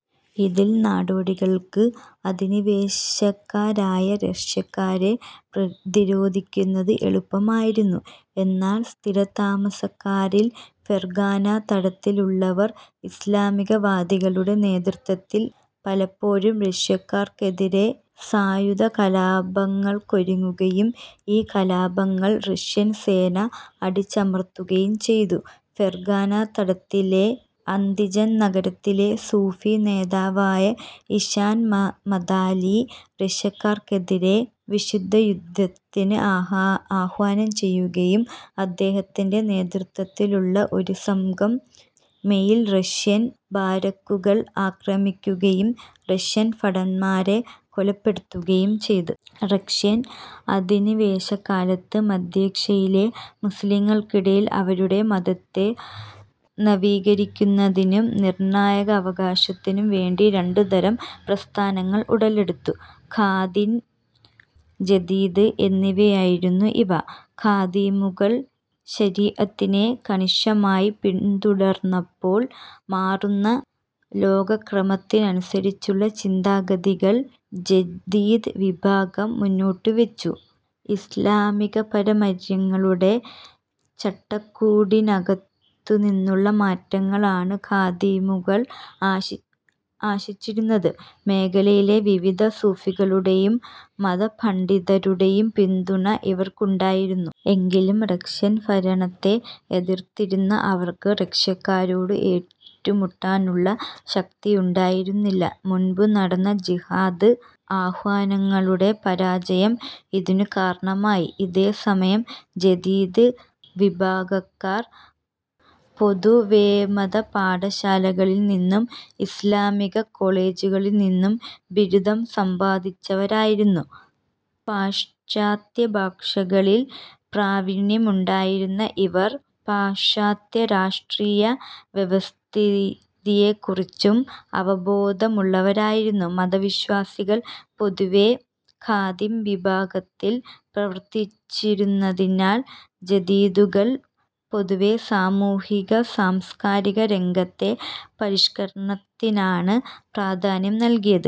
ഇതിൽ നാടോടികൾക്ക് അധിനിവേശകരായ റഷ്യക്കാരെ പ്രതിരോധിക്കുന്നത് എളുപ്പമായിരുന്നു. എന്നാൽ സ്ഥിരതാമസക്കാരിൽ ഫെർഗാന തടത്തിലുള്ളവർ ഇസ്ലാമികവാദികളുടെ നേതൃത്വത്തിൽ പലപ്പോഴും റഷ്യക്കാർക്കെതിരെ സായുധകലാപങ്ങൾക്കൊരുങ്ങുകയും ഈ കലാപങ്ങൾ റഷ്യൻ സേന അടിച്ചമർത്തുകയും ചെയ്തു. ഫെർഗാന തടത്തിലെ അന്ദിജാൻ നഗരത്തിലെ സൂഫി നേതാവായ ഇശാൻ മദാലി റഷ്യക്കാർക്കെതിരെ വിശുദ്ധയുദ്ധത്തിന് ആഹ്വാനം ചെയ്യുകയും അദ്ദേഹത്തിന്റെ നേതൃത്വത്തിലുള്ള ഒരു സംഘം മേയിൽ റഷ്യൻ ബാരക്കുകൾ ആക്രമിക്കുകയും റഷ്യൻ ഭടന്മാരെ കൊലപ്പെടുത്തുകയും ചെയ്തു. റഷ്യൻ അധിനിവേശകാലത്ത് മദ്ധ്യേഷ്യയിലെ മുസ്ലീങ്ങൾക്കിടയിൽ അവരുടെ മതത്തെ നവീകരിക്കുന്നതിനും നിർണയാവകാശത്തിനും വേണ്ടി രണ്ടുതരം പ്രസ്ഥാനങ്ങൾ ഉടലെടുത്തു. ഖാദിം, ജദീദ് എന്നിവയായിരുന്നു ഇവ. ഖാദിമുകൾ ശരി അത്തിനെ കണിശമായി പിന്തുടർന്നപ്പോൾ മാറുന്ന ലോകക്രമത്തിനുസരിച്ചുള്ള ചിന്താഗതികൾ ജദീദ് വിഭാഗം മുന്നോട്ടുവച്ചു. ഇസ്ലാമികപാരമര്യങ്ങളുടെ ചട്ടക്കൂടിനകത്തുനിന്നുള്ള മാറ്റമാണ് ഖാദിമുകൾ ആശിച്ചിരുന്നത്. മേഖലയിലെ വിവിധ സൂഫികളുടേയും മതപണ്ഡിതരുടേയും പിന്തുണ ഇവർക്കുണ്ടായിരുന്നു. എങ്കിലും റഷ്യൻ ഭരണത്തെ എതിർത്തിരുന്ന അവർക്ക് റഷ്യക്കാരോട് ഏറ്റുമുട്ടാനുള്ള ശക്തിയുണ്ടായിരുന്നില്ല. മുൻപ് നടന്ന ജിഹാദ് ആഹ്വാനങ്ങളുടെ പരാജയം ഇതിനു കാരണമായി. ഇതേ സമയം ജദീദ് വിഭാഗക്കാർ പൊതുവേമതപാഠശാലകളിൽ നിന്നും ഇസ്ലാമികകോളേജുകളിൽ നിന്നും ബിരുദം സമ്പാദിച്ചവരായിരുന്നു. പാശ്ചാത്യഭാഷകളിൽ പ്രാവിണ്യമുണ്ടായിരുന്ന ഇവർ, പാശാത്യരാഷ്ട്രീയവ്യവസ്ഥിയെക്കുറിച്ചും അവബോധമുള്ളവരായിരുന്നു. മതവിശ്വാസികൾ പൊതുവേ ഖാദിം വിഭാഗത്തിൽ പ്രവർത്തിച്ചിരുന്നതിനാൽ ജദീദുകൾ പൊതുവേസാമൂഹിക-സാംസ്കാരികരംഗത്തെ പരിഷ്കരണത്തിനാണ് പ്രാധാന്യം നൽകിയത്.